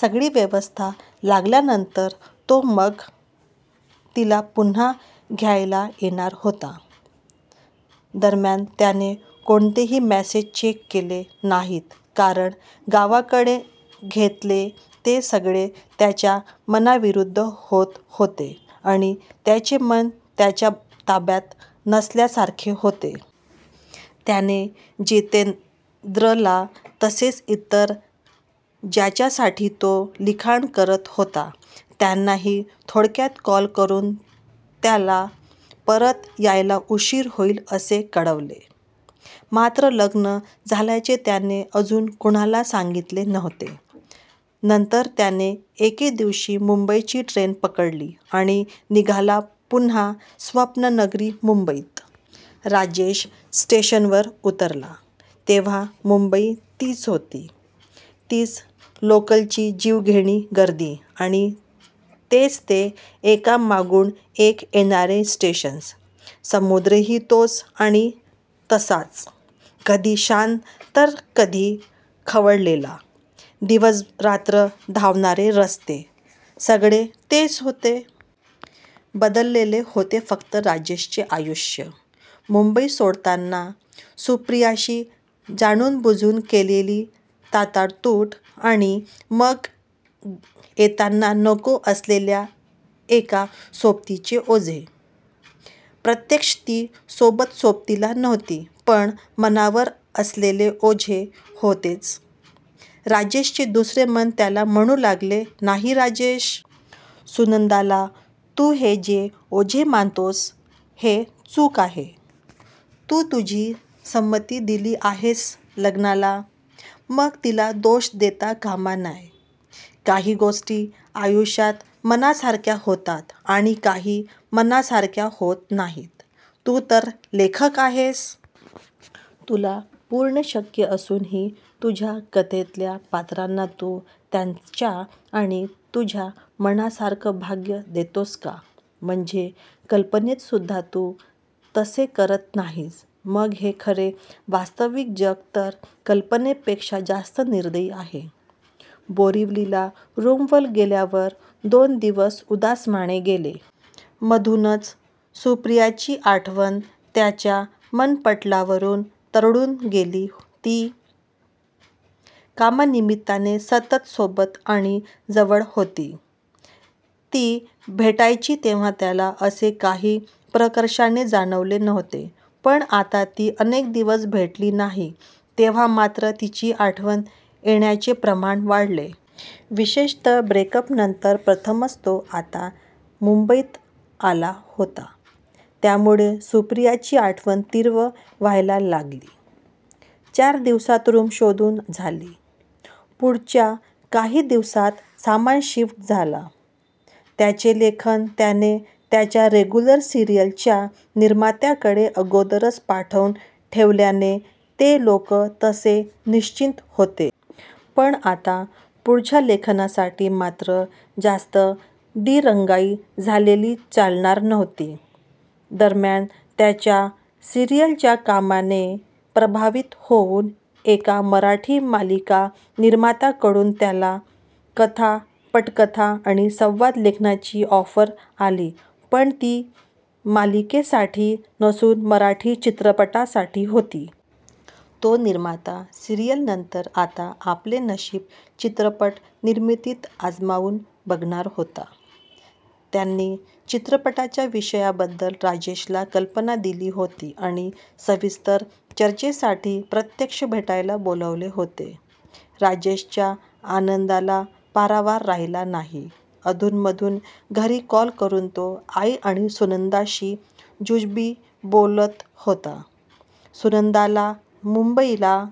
सगळी व्यवस्था लावल्यानंतर तो मग तिला पुन्हा घ्यायला येणार होता. दरम्यान त्याने कोणतेही मेसेज चेक केले नाहीत कारण गावाकडे घडले ते सगळे त्याच्या मनाविरुद्ध होत होते आणि त्याचे मन त्याच्या ताब्यात नसल्यासारखे होते. त्याने जितेंद्रला तसेच इतर ज्यांच्यासाठी तो लिखाण करत होता त्यांनाही थोडक्यात कॉल करून त्याला परत यायला उशीर होईल असे कळवले, मात्र लग्न झाल्याचे त्याने अजून कुणाला सांगितले नव्हते. नंतर त्याने एके दिवशी मुंबईची ट्रेन पकडली आणि निघाला पुन्हा स्वप्ननगरी मुंबईत. राजेश स्टेशनवर उतरला तेव्हा मुंबई तीच होती. तीच लोकलची जीवघेणी गर्दी आणि तेच ते एकामागून एक येणारे स्टेशन्स. समुद्रही तोच आणि तसाच. कधी शांत तर कधी खवळलेला. दिवसरात्र धावणारे रस्ते. सगळे तेच होते. बदलले होते फक्त राजेशने आयुष्य. मुंबई सोडतांना सुप्रियाशी जाणूनबुजून केलेली ताटातूट आणि मग येतांना नको असलेल्या एका सोबतीचे ओझे. प्रत्यक्ष ती सोबत सोबतीला नव्हती पण मनावर असलेले ओझे होतेच. राजेशचे दुसरे मन त्याला म्हणू लागले, नाही राजेश. सुनंदाला तू हे जे ओझे मानतोस, ते चूक आहे. तू तुझी संमती दिली आहेस लग्नाला. मग तिला दोष देता कामा नये. काही गोष्टी आयुष्यात मनासारख्या होतात आणि काही मनासारख्या होत नाहीत. तू तर लेखक आहेस. तुला पूर्ण शक्य असूनही तुझ्या कथेतल्या पात्रांना तू त्यांच्या आणि तुझ्या मनासारखं भाग्य देतोस का? म्हणजे कल्पनेत सुद्धा तू तसे करत नाहीस मग हे खरे वास्तविक जग तर कल्पनेपेक्षा जास्त निर्दयी आहे. बोरिवलीला रूमवर गेल्यावर दोन दिवस उदासवाणे गेले. मधूनच सुप्रियाची आठवण त्याच्या मनःपटलावरून तरळून गेली. ती कामानिमित्ताने सतत सोबत आणि जवळ होती. ती भेटायची तेव्हा त्याला असे काही प्रकर्षाने जाणवले नव्हते, पण आता ती अनेक दिवस भेटली नाही तेव्हा मात्र तिची आठवण येण्याचे प्रमाण वाढले. विशेषत: ब्रेकअपनंतर प्रथमच तो आता मुंबईत आला होता त्यामुळे सुप्रियाची आठवण तीव्र व्हायला लागली. चार दिवसांत रूम शोधून झाली. पुढच्या काही दिवसांत सामान शिफ्ट झाला. त्याचे लेखन त्याने त्याच्या रेग्युलर सिरियल्सच्या निर्मात्यांकडे अगोदरच पाठवून ठेवल्याने ते लोक तसे निश्चिंत होते. पण आता पुढच्या लेखनासाठी मात्र जास्त दिरंगाई झालेलीही चालणार नव्हती. दरम्यान त्याच्या सिरियलच्या कामाने प्रभावित होऊन एका मराठी मालिका निर्मात्याकडून त्याला कथा, पटकथा आणि संवाद लेखनाची ऑफर आली पण ती मालिकेसाठी नसून मराठी चित्रपटासाठी होती. तो निर्माता सिरीयलनंतर आता आपले नशीब चित्रपट निर्मितीत आजमावून बघणार होता. त्यांनी चित्रपटाच्या विषयाबद्दल राजेशला कल्पना दिली होती आणि सविस्तर चर्चेसाठी प्रत्यक्ष भेटायला बोलावले होते. राजेशच्या आनंदाला पारावार राहिला नाही. अधूनमधून घरी कॉल करून तो आई आणि सुनंदाशी जुजबी बोलत होता. सुनंदाला मुंबईला